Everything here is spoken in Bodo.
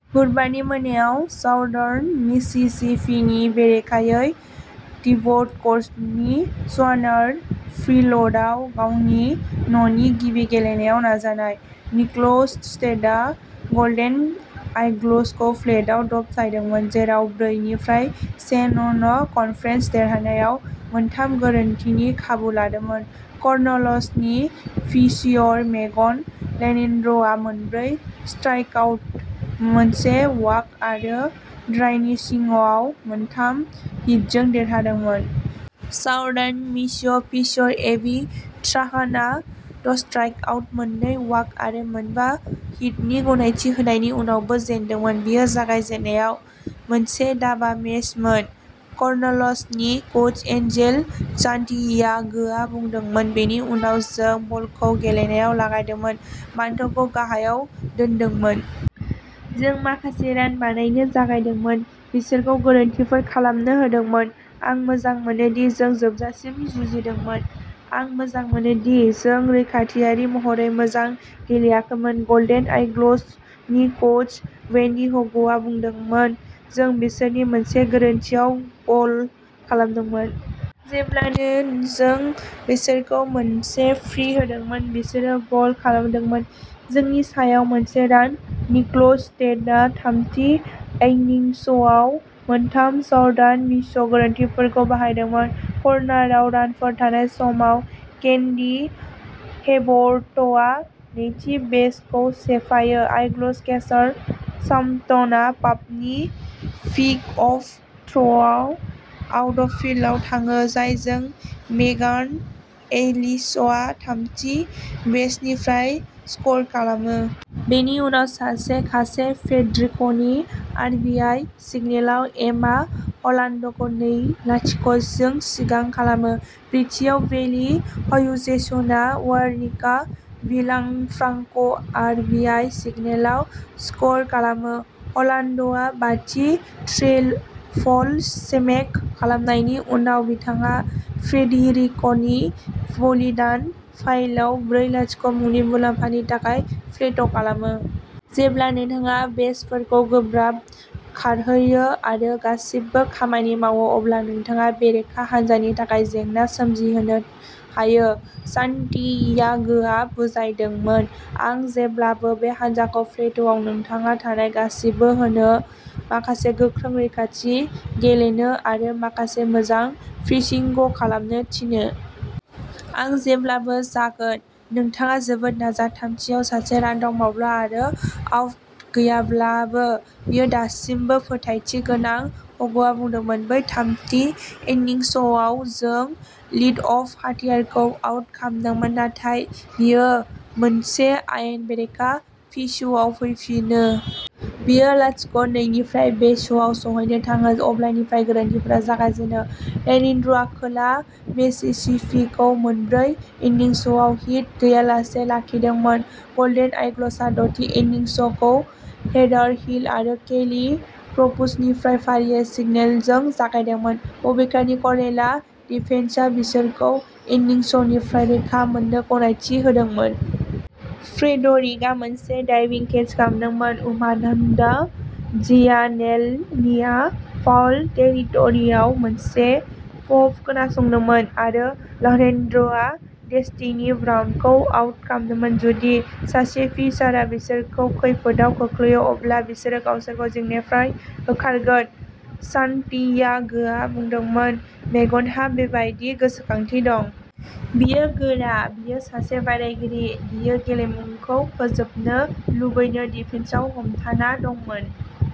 बुधबारनि मोनायाव साउदर्न मिसिसिपिनि बेरेखायै थिबोड'क्सनि स्वानार फील्डआव गावनि न'नि गिबि गेलेनायाव नाजानाय। निकल्स स्टेटआ गल्डेन आइगल्सखौ प्लेटआव दबथायदोंमोन, जेराव ब्रै निफ्राय से नन कन्फेरेन्स देरहानायाव मोनथाम गोरोन्थिनि खाबु लादोंमोन। कर्नल्सनि पिचर मेगन लेनेन्ड्रआ मोनब्रै स्ट्राइकआउट, मोनसे वाक आरो द्राइनिसिंहआव मोनथाम हिटजों देरहादोंमोन। साउदार्न मिस पिचर एबि ट्राहानआ द'स्ट्राइकआउट, मोननै वाक आरो मोनबा हिटनि गनायथि होनायनि उनावबो जेनदोंमोन। बेयो जागायजेननायाव मोनसे दाबा मेचमोन कर्नल्सनि कच एन्जेल सान्टियागोआ बुंदोंमोन। बेनि उनाव जों बलखौ गेलेनायाव लागायदोंमोन, बान्टखौ गाहायाव दोनदोंमोन। जों माखासे रान बानायनो जागायदोंमोन, बिसोरखौ गोरोन्थिफोर खालामनो होदोंमोन। आं मोजां मोनोदि जों जोबजासिम जुजिदोंमोन। आं मोजां मोना दि जों रैखाथियारि महरै मोजां गेलेयाखैमोन गल्डेन आइगल्सनि कच वेन्डी ह'गआ बुंदोंमोन। जों बिसोरनि मोनसे गोरोन्थिआव गल खालामदोंमोन। जेब्लानो जों बिसोरखौ मोनसे फ्री होदोंमोन, बिसोरो गल खालामदोंमोन। जोंनि सायाव मोनसे रान निकल्स स्टेटआ थामथि इन्निंसआव मोनथाम साउदार्न मिस गोरोन्थिफोरखौ बाहायदोंमोन। कर्नारआव रानारफोर थानाय समाव, केननी हेबर्टआ नैथि बेसखौ सेफायो। आइगल्स केचार सामन्था पापनि पिकअफ थ्र'आ आउटफील्डआव थाङो, जायजों मेगान एलिसआ थामथि बेसनिफ्राय स्क'र खालामो। बेनि उनाव सासे कासे फ्रेड्रिक नि आर बि आइ सिंगोलआ एमा हलान्डखौ नै लाथिक' जों सिगां खालामो। ब्रैथिआव, बेली ह्यूजेसआ वेरनिका विलाफ्रांक' आर बि आइ सिंगोलआव स्क'र खालामो। हलान्डआ बाथिआव ट्रिपल स्मेक खालामनायनि उनाव, बिथाङा फ्रेडेरिकनि बलिदान फ्लाइआव ब्रै लाथिक' नि मुलाम्फानि थाखाय प्ले'ट खालामो। जेब्ला नोंथाङा बेसफोरखौ गोब्राब खारहोयो आरो गासिबो खामानि मावो, अब्ला नोंथाङा बेरेखा हान्जानि थाखाय जेंना सोमजिहोनो हायो सान्टियागोआ बुजायदोंमोन। आं जेब्लाबो बे हान्जाखौ प्लेटआव नोंथांनाव थानाय गासिबो होनो, माखासे गोख्रों रैखाथि गेलेनो आरो माखासे मोजां पिचिंग खालामनो थिनो। आं जेब्लाबो जागोन। नोंथाङा जोबोद नाजा। थामथिआव सासे रानार दंब्लाबो आरो आउट गैयाब्लाबो, बियो दासिमबो फोथायथि गोनां हगआ बुंदोंमोन। बै थामथि इन्निंसआव, जों लिडअफ हाटिआरखौ आउट खालामदोंमोन, नाथाय बेयो मोनसे आयेन बेरेखा पिचआव फैफिनो। बियो लाथिक' नै निफ्राय बेसआव सौहैनो थाङो। अब्लानिफ्राय गोरोन्थिफोरा जागायजेनो। लेन्ड्रिआ खोला मिसिसिपिखौ मोनब्रै इन्निंसआव हिट गैयालासे लाखिदोंमोन। गल्डेन आइगल्सआ द'थि इन्निंसखौ हेदार हिल आरो केली फ्रुजनिफ्राय फारियै सिंगोलजों जागायदोंमोन। बबेखानि कर्नेल डिफेन्सआ बिसोरखौ इनिंसनिफ्राय रैखा मोननो गनायथि होदोंमोन। फ्रेडरिकआ मोनसे डाइभिं केच खालामदोंमोन, अमान्डा जियानेल'नीआ फाउल टेरिट'रिआव मोनसे पप खोनासंदोंमोन आरो लरेन्ड्रआ डेस्टिनी ब्राउनखौ आउट खालामदोंमोन। जुदि सासे पिचारआ बिसोरखौ खैफोदआव खोख्लैयो, अब्ला बिसोरो गावसोरखौ जेंनानिफ्राय होखारगोन सान्टियागोआ बुंदोंमोन। मेगनहा बेबादि गोसोथि दं। बियो गोरा, बियो सासे बादायगिरि बियो गेलेमुखौ फोजोबनो लुबैयो। डिफेन्सआ हमथाना दंमोन।